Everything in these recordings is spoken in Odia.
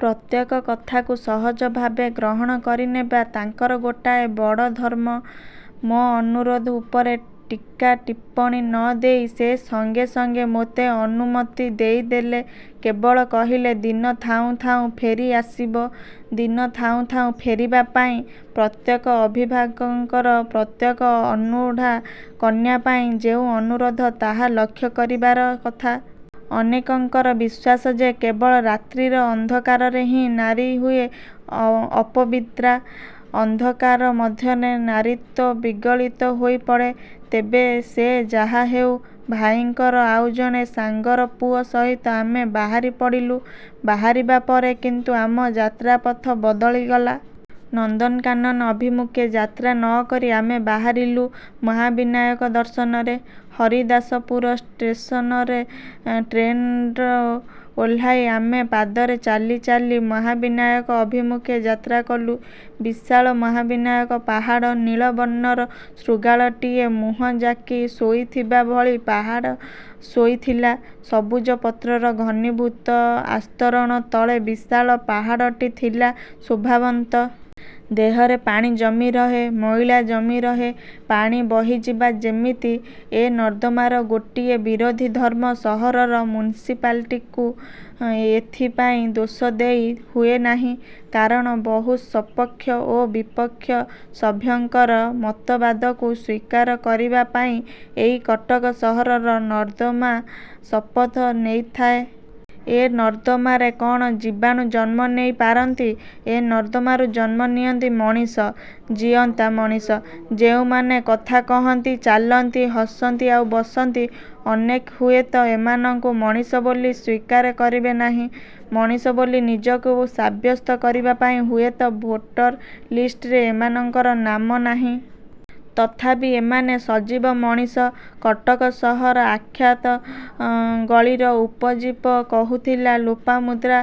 ପ୍ରତ୍ୟେକ କଥାକୁ ସହଜ ଭାବେ ଗ୍ରହଣ କରିନେବା ତାଙ୍କର ଗୋଟାଏ ବଡ଼ ଧର୍ମ। ମୋ ଅନୁରୋଧ ଉପରେ ଟୀକା ଟିପ୍ଟଣୀ ନ ଦେଇ ସେ ସଙ୍ଗେ ସଙ୍ଗେ ମୋତେ ଅନୁମତି ଦେଇଦେଲେ। କେବଳ କହିଲେ-ଦିନ ଥାଉଁ ଥାଉଁ ଫେରି ଆସିବ। ଦିନ ଥାଉଁ ଥାଉଁ ଫେରିବା ପାଇଁ ପ୍ରତ୍ୟେକ ଅଭିଭାବକଙ୍କର ପ୍ରତ୍ୟେକ ଅନୂଢା କନ୍ୟାପାଇଁ ଯେଉଁ ଅନୁରୋଧ ତାହା ଲକ୍ଷ୍ୟ କରିବାର କଥା। ଅନେକଙ୍କର ବିଶ୍ୱାସ ଯେ କେବଳ ରାତ୍ରିର ଅନ୍ଧକାରରେ ହିଁ ନାରୀ ହୁଏ ଅପବିତ୍ରା। ଅନ୍ଧକାର ମଧ୍ୟରେ ନାରୀତ୍ୱ ବିଗଳିତ ହୋଇ ପଡ଼େ। ତେବେ ସେ ଯାହାହେଉ, ଭାଇଙ୍କର ଆଉ ଜଣେ ସାଙ୍ଗର ପୁଅ ସହିତ ଆମେ ବାହାରି ପଡ଼ିଲୁ। ବାହାରିବା ପରେ କିନ୍ତୁ ଆମ ଯାତ୍ରାପଥ ବଦଳିଗଲା। ନନ୍ଦନକାନନ ଅଭିମୁଖେ ଯାତ୍ରା ନ କରି ଆମେ ବାହାରିଲୁ ମହାବିନାୟକ ଦର୍ଶନରେ। ହରିଦାସପୁର ଷ୍ଟେସନ୍ରେ ଟ୍ରେନ୍ରୁ ଓହ୍ଲାଇ ଆମେ ପାଦରେ ଚାଲି ଚାଲି ମହାବିନାୟକ ଅଭିମୁଖେ ଯାତ୍ରା କଲୁ। ବିଶାଳ ମହାବିନାୟକ ପାହାଡ଼। ନୀଳବର୍ଣ୍ଣର ଶୃଗାଳଟିଏ ମୁହଁ ଯାକି ଶୋଇଥିବା ଭଳି ପାହାଡ଼ ଶୋଇଥିଲା। ସବୁଜ ପତ୍ରର ଘନୀଭୂତ ଆସ୍ତରଣ ତଳେ ବିଶାଳ ପାହାଡ଼ଟି ଥିଲା ଶୋଭାବନ୍ତ। ଦେହରେ ପାଣି ଜମି ରହେ, ମଇଳା ଜମି ରହେ। ପାଣି ବହିଯିବା ଯେମିତି ଏ ନର୍ଦ୍ଦମାର ଗୋଟିଏ ବିରୋଧୀ ଧର୍ମ। ସହରର ମ୍ୟୁନିସ୍ପାଲିଟ୍କୁ ଏଥିପାଇଁ ଦୋଷ ଦେଇ ହୁଏନାହିଁ। କାରଣ-ବହୁ ସପକ୍ଷ ଓ ବିପକ୍ଷ ସଭ୍ୟଙ୍କର ମତବାଦକୁ ସ୍ୱୀକାର କରିବା ପାଇଁ, ଏଇ କଟକ ସହରର ନର୍ଦ୍ଦମା ଶପଥ ନେଇଥାଏ। ଏ ନର୍ଦ୍ଦମାରେ କ'ଣ ଜୀବାଣୁ ଜନ୍ମ ନେଇ ପାରନ୍ତି? ଏ ନର୍ଦ୍ଦମାରୁ ଜନ୍ମ ନିଅନ୍ତି ମଣିଷ, ଜୀଅନ୍ତା ମଣିଷ.. ଯେଉଁମାନେ କଥା କହନ୍ତି ଚାଲନ୍ତି.. ହସନ୍ତି ଆଉ ବସନ୍ତି। ଅନେକ ହୁଏତ ଏମାନଙ୍କୁ ମଣିଷ ବୋଲି ସ୍ୱୀକାର କରିବେ ନାହିଁ। ମଣିଷ ବୋଲି ନିଜକୁ ସାବ୍ୟସ୍ତ କରିବା ପାଇଁ ହୁଏତ ଭୋଟର ଲିଷ୍ଟରେ ଏମାନଙ୍କର ନାମ ନାହିଁ। ତଥାପି ଏମାନେ ସଜୀବ ମଣିଷ କଟକ ସହର ଅଖ୍ୟାତ ଗଳିର ଉପଜୀବ। କହୁଥିଲା ଲୋପାମୁଦ୍ରା।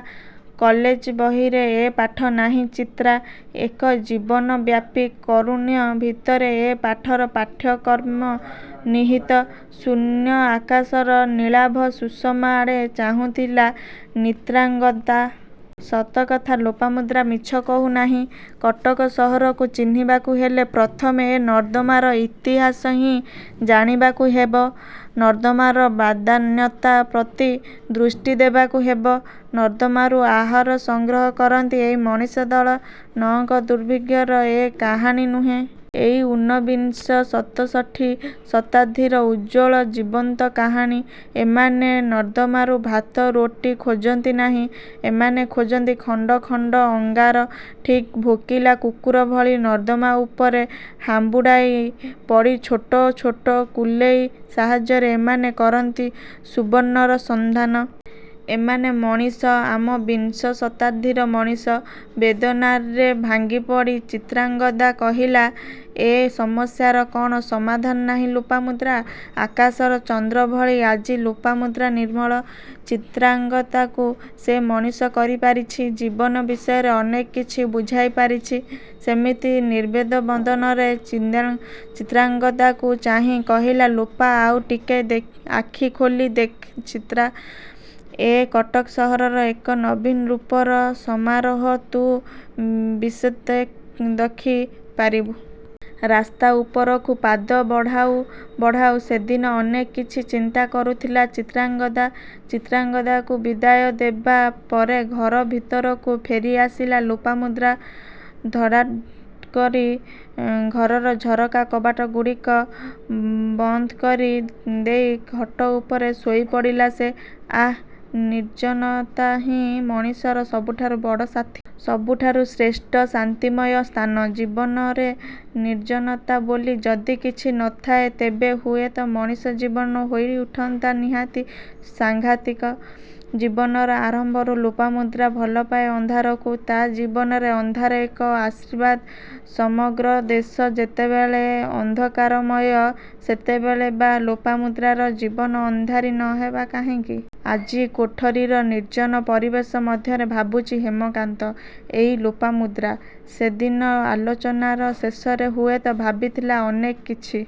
କଲେଜ ବହିରେ ଏ ପାଠ ନାହିଁ ଚିତ୍ରା! ଏକ ଜୀବନ ବ୍ୟାପୀ କାରୁଣ୍ୟ ଭିତରେ ଏ ପାଠର ପାଠ୍ୟକ୍ରମ ନିହିତ। ଶୂନ୍ୟ ଆକାଶର ନୀଳାଭ ସୁଷମା ଆଡ଼େ ଚାହୁଁଥିଲା ଚିତ୍ରାଙ୍ଗଦା। ''ସତକଥା, ଲୋପାମୁଦ୍ରା ମିଛ କହୁନାହିଁ, କଟକ ସହରକୁ ଚିହ୍ନିବାକୁ ହେଲେ ପ୍ରଥମେ ଏ ନର୍ଦ୍ଦମାର ଇତିହାସ ହିଁ ଜାଣିବାକୁ ହେବ। ନର୍ଦ୍ଦମାର ବଦାନ୍ୟତା ପ୍ରତି ଦୃଷ୍ଟି ଦେବାକୁ ହେବ। '' ନର୍ଦ୍ଦମାରୁ ଆହାର ସଂଗ୍ରହ କରନ୍ତି ଏଇ ମଣିଷ ଦଳ। ନଅଙ୍କ ଦୁର୍ଭିକ୍ଷର ଏ କାହାଣୀ ନୁହେଁ। ଏଇ ଊନବିଂଶ ଶତଷଠି ଶତାବ୍ଦୀର ଉଜ୍ଜ୍ୱଳ ଜୀବନ୍ତ କାହାଣୀ। ଏମାନେ ନର୍ଦ୍ଦମାରୁ ଭାତ ରୋଟି ଖୋଜନ୍ତି ନାହିଁ। ଏମାନେ ଖୋଜନ୍ତି ଖଣ୍ଡ ଖଣ୍ଡ ଅଙ୍ଗାର। ଠିକ୍ ଭୋକିଲା କୁକୁର ଭଳି ନର୍ଦ୍ଦମା ଉପରେ ହାମ୍ବୁଡ଼ାଇ ପଡ଼ି ଛୋଟ ଛୋଟ କୁଲେଇ ସାହାଯ୍ୟରେ ଏମାନେ କରନ୍ତି ସୁବର୍ଣ୍ଣର ସନ୍ଧାନ। ଏମାନେ ମଣିଷ, ଆମ ବିଂଶ ଶତାବ୍ଦୀର ମଣିଷ-। ବେଦନାରେ ଭାଙ୍ଗିପଡ଼ି ଚିତ୍ରାଙ୍ଗଦା କହିଲା-ଏ ସମସ୍ୟାର କ'ଣ ସମାଧାନ ନାହିଁ ଲୋପାମୁଦ୍ରା? ଆକାଶର ଚନ୍ଦ୍ର ଭଳି ଆଜି ଲୋପାମୁଦ୍ରା ନିର୍ମଳ। ଚିତ୍ରାଙ୍ଗଦାକୁ ସେ ମଣିଷ କରି ପାରିଛି-। ଜୀବନ ବିଷୟରେ ଅନେକ କିଛି ବୁଝାଇ ପାରିଛି। ସେମିତି ନିର୍ବେଦ ବଦନରେ ଚିତ୍ରାଙ୍ଗଦାକୁ ଚାହିଁ କହିଲା ଲୋପା ''ଆଉ ଟିକେ ଆଖି ଖୋଲି ଦେଖ୍ ଚିତ୍ରା, ଏ କଟକ ସହରର ଏକ ନବୀନ ରୂପର ସମାରୋହ ତୁ ବେଶ୍ଦେଖି ପାରିବୁ। '' ରାସ୍ତା ଉପରକୁ ପାଦ ବଢ଼ାଉ ବଢ଼ାଉ ସେଦିନ ଅନେକ କିଛି ଚିନ୍ତା କରୁଥିଲା ଚିତ୍ରାଙ୍ଗଦା-। ଚିତ୍ରାଙ୍ଗଦାକୁ ବିଦାୟ ଦେବା ପରେ ଘର ଭିତରକୁ ଫେରିଆସିଲା ଲୋପାମୁଦ୍ରା। ଧଡ଼୍ଧାଡ଼୍କରି ଘରର ଝରକା କବାଟଗୁଡ଼ିକ ବନ୍ଦ୍କରି ଦେଇ ଖଟ ଉପରେ ଶୋଇପଡ଼ିଲା ସେ। ଆଃ ନିର୍ଜନତା ହିଁ ମଣିଷର ସବୁଠାରୁ ବଡ଼ ସାଥୀ.. ସବୁଠାରୁ ଶ୍ରେଷ୍ଠ ଶାନ୍ତିମୟ ସ୍ଥାନ। ଜୀବନରେ ନିର୍ଜନତା ବୋଲି ଯଦି କିଛି ନ ଥାନ୍ତା ତେବେ ହୁଏତ ମଣିଷ ଜୀବନ ହୋଇଉଠନ୍ତା ନିହାତି ସାଂଘାତିକ। ଜୀବନର ଆରମ୍ଭରୁ ଲୋପାମୁଦ୍ରା ଭଲପାଏ ଅନ୍ଧାରକୁ। ତା' ଜୀବନରେ ଅନ୍ଧାର ଏକ ଆଶୀର୍ବାଦ। ସମଗ୍ର ଦେଶ ଯେତେବେଳେ ଅନ୍ଧକାରମୟ ସେତେବେଳେ ବା ଲୋପାମୁଦ୍ରାର ଜୀବନ ଅନ୍ଧାରୀ ନ ହେବା କାହିଁକି? ଆଜି କୋଠରୀର ନିର୍ଜନ ପରିବେଶ ମଧ୍ୟରେ ଭାବୁଛି ହେମକାନ୍ତ। ଏଇ ଲୋପାମୁଦ୍ରା। ସେଦିନ ଆଲୋଚନାର ଶେଷରେ ହୁଏତ ଭାବିଥିଲା ଅନେକ କିଛି।